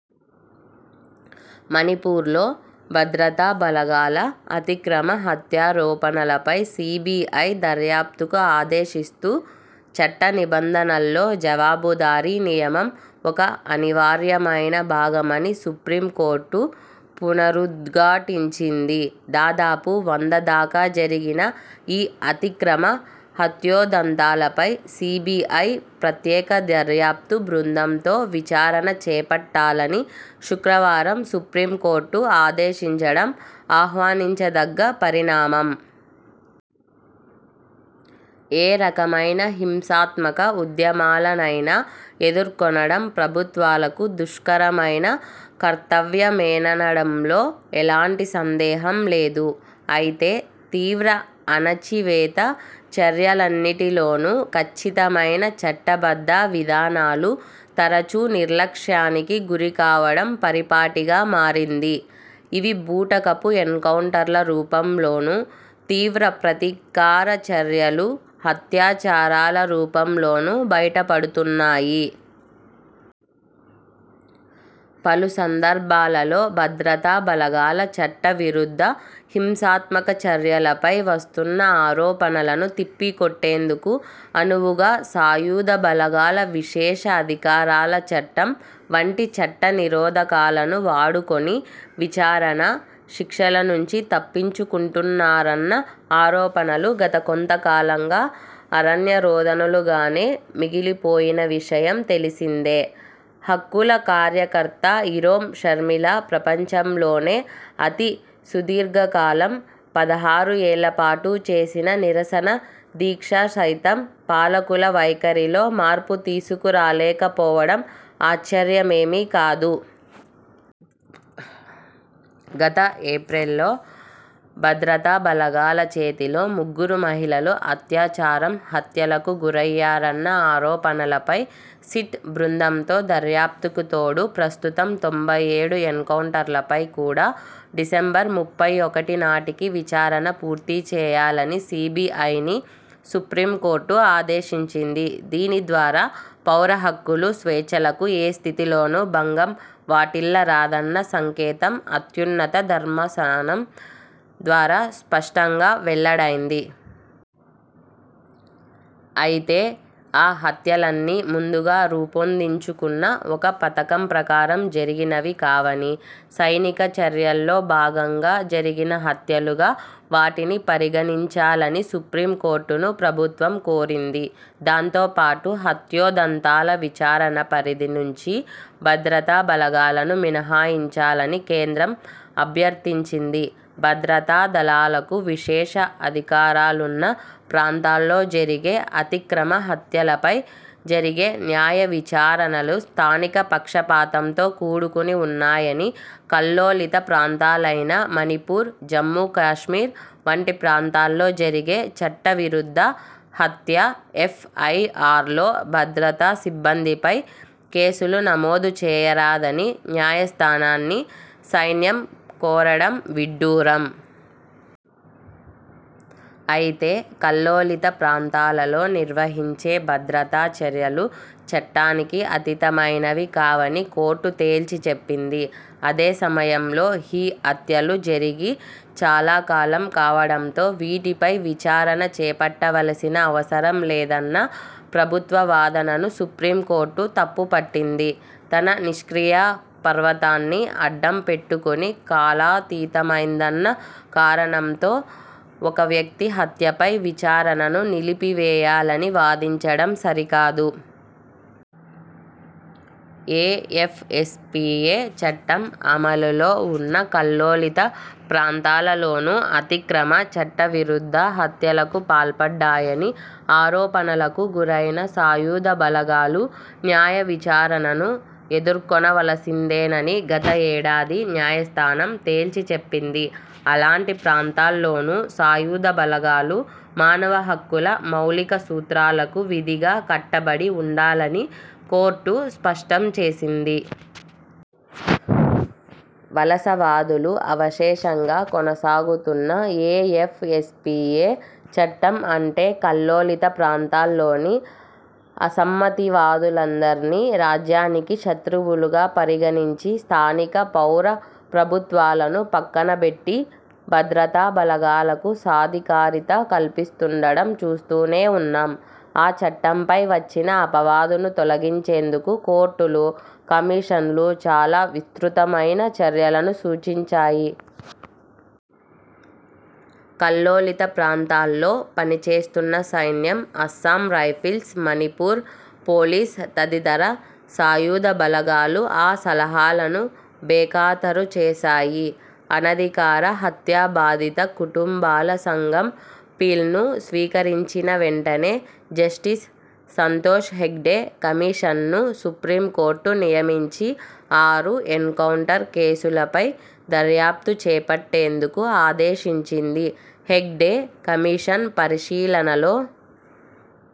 మణిపూర్లో భద్రతా బలగాల అతిక్రమ హత్యారోపణలపై సీబీఐ దర్యాప్తుకు ఆదేశిస్తూ, చట్ట నిబంధనల్లో జవాబుదారీ నియమం ఒక అనివార్యమైన భాగమని సుప్రీంకోర్టు పునరుద్ఘాటించింది. దాదాపు వంద దాకా జరిగిన ఈ అతిక్రమ హత్యోదంతాలపై సీబీఐ ప్రత్యేక దర్యాప్తు బృందం తో విచారణ చేపట్టాలని శుక్రవారం సుప్రీంకోర్టు ఆదేశించడం ఆహ్వానించదగ్గ పరిణామం. ఏ రకమైన హింసాత్మక ఉద్యమాలనైనా ఎదుర్కొనడం ప్రభుత్వాలకు దుష్కరమైన కర్తవ్యమేననడంలో ఎలాంటి సందేహం లేదు. అయితే తీవ్ర అణచివేత చర్యలన్నిటిలోనూ కచ్చితమైన చట్టబద్ధ విధానాలు తరచూ నిర్లక్ష్యానికి గురికావడం పరిపాటిగా మారింది. ఇవి బూటకపు ఎన్కౌంటర్ల రూపంలోనో, తీవ్ర ప్రతీకార చర్యలు, అత్యాచారాల రూపంలోనో బయటపడుతున్నాయి. పలు సందర్బాలలో భద్రతా బలగాల చట్టవిరుద్ధ హింసాత్మక చర్యలపై వస్తున్న ఆరోపణలను తిప్పికొట్టేందుకు అనువుగా 'సాయుధ బలగాల విశేష అధికారాల చట్టం' వంటి చట్టనిరోధకాలను వాడుకొని విచారణ, శిక్షల నుంచి తప్పించుకుంటున్నారన్న ఆరోపణలు గత కొంత కాలంగా అరణ్యరోదనలుగానే మిగిలిపోయిన విషయం తెలిసిందే. హక్కుల కార్యకర్త ఇరోమ్ షర్మిల ప్రపంచంలోనే అతి సుదీర్ఘకాలం పదహారు ఏళ్ల పాటు చేసిన నిరసన దీక్ష సైతం పాలకుల వైఖరిలో మార్పు తీసుకురాలేక పోవడం ఆశ్చర్యమేమీ కాదు. గత ఏప్రిల్లో భద్రతా బలగాల చేతిలో ముగ్గురు మహిళలు అత్యాచారం, హత్యలకు గురయ్యారన్న ఆరోపణలపై సిట్ బృందంతో దర్యాప్తుకు తోడు, ప్రస్తుతం తొంభై ఏడు ఎన్కౌంటర్లపై కూడా డిసెంబర్ ముప్పై ఒకటి నాటికి విచారణ పూర్తి చేయాలని సీబీఐని సుప్రీంకోర్టు ఆదేశించింది. దీని ద్వారా పౌర హక్కులు, స్వేచ్ఛలకు ఏ స్థితిలోనూ భంగం వాటిల్లరాదన్న సంకేతం అత్యున్నత ధర్మాసనం ద్వారా స్పష్టంగా వెల్లడైంది. అయితే ఆ హత్యలన్నీ ముందుగా రూపొందించుకున్న ఒక పథకం ప్రకారం జరిగినవి కావనీ, 'సైనిక చర్యల్లో భాగంగా' జరిగిన హత్యలుగా వాటిని పరిగణించాలని సుప్రీంకోర్టును ప్రభుత్వం కోరింది. దాంతోపాటు హత్యోదంతాల విచారణ పరిధి నుంచి భద్రతా బలగాలను మినహాయించాలని కేంద్రం అభ్యర్థించింది. భద్రతా దళాలకు విశేష అధికారాలున్న ప్రాంతాల్లో జరిగే అతిక్రమ హత్యలపై జరిగే న్యాయవిచారణలు స్థానిక పక్షపాతంతో కూడుకుని ఉన్నాయని, కల్లోలిత ప్రాంతాలైన మణిపూర్, జమ్ము కశ్మీర్ వంటి ప్రాంతాల్లో జరిగే చట్టవిరుద్ధ హత్య ఎఫ్ఐఆర్లలో భద్రతా సిబ్బందిపై కేసులు నమోదు చేయరాదని న్యాయస్థానాన్ని సైన్యం కోరడం విడ్డూరం. అయితే 'కల్లోలిత ప్రాంతాలలో' నిర్వహించే భద్రతా చర్యలు చట్టానికి అతీతమైనవి కావని కోర్టు తేల్చి చెప్పింది. అదే సమయంలో ఈ హత్యలు జరిగి చాలాకాలం కావడంతో వీటిపై విచారణ చేపట్టవలసిన అవసరం లేదన్న ప్రభుత్వ వాదనను సుప్రీంకోర్టు తప్పు పట్టింది. తన నిష్క్రియాపరత్వాన్ని అడ్డం పెట్టుకుని కాలాతీతమైందన్న కారణంతో ఒకవ్యక్తి హత్యపై విచారణను నిలిపివేయాలని వాదించడం సరికాదు. ఏఎఫ్ఎస్పీఏ చట్టం అమలులో ఉన్న కల్లోలిత ప్రాంతాలలోనూ అతిక్రమ, చట్ట విరుద్ధ హత్యలకు పాల్పడ్డాయని ఆరోపణలకు గురైన సాయుధ బలగాలు న్యాయవిచారణను ఎదుర్కొనవలసిందేనని గత ఏడాది న్యాయస్థానం తేల్చి చెప్పింది. అలాంటి ప్రాంతాల్లోనూ సాయుధ బలగాలు మానవ హక్కుల మౌలిక సూత్రాలకు విధిగా కట్టబడి ఉండాలని కోర్టు స్పష్టం చేసింది. వలసవాదులు అవశేషంగా కొనసాగుతున్న ఏఎఫ్ఎస్పీఏ చట్టం అంటే కల్లోలిత ప్రాంతాల్లోని అసమ్మతివాదులందర్నీ రాజ్యానికి శత్రువులుగా పరిగణించి, స్థానిక పౌర ప్రభుత్వాలను పక్కన బెట్టి, భద్రతా బలగాలకు సాధికారిత కల్పిస్తుండడం చూస్తూనే ఉన్నాం. ఆ చట్టంపై వచ్చిన అపవాదును తొలగించేందుకు కోర్టులు, కమిషన్లు చాలా విస్తృతమైన చర్యలను సూచించాయి. కల్లోలిత ప్రాంతాల్లో పనిచేస్తున్న సైన్యం, అస్సాం రైఫిల్స్, మణిపూర్ పోలీస్ తదితర సాయుధ బలగాలు ఆ సలహాలను బేఖాతరు చేసాయి. 'అనధికార హత్యాబాధిత కుటుంబాల సంఘం' పిల్ను స్వీకరించిన వెంటనే జస్టిస్ సంతోష్ హెగ్డే కమిషన్ను సుప్రీంకోర్టు నియమించి ఆరు ఎన్కౌంటర్ కేసులపై దర్యాప్తు చేపట్టేందుకు ఆదేశించింది. హెగ్డే కమిషన్ పరిశీలనలో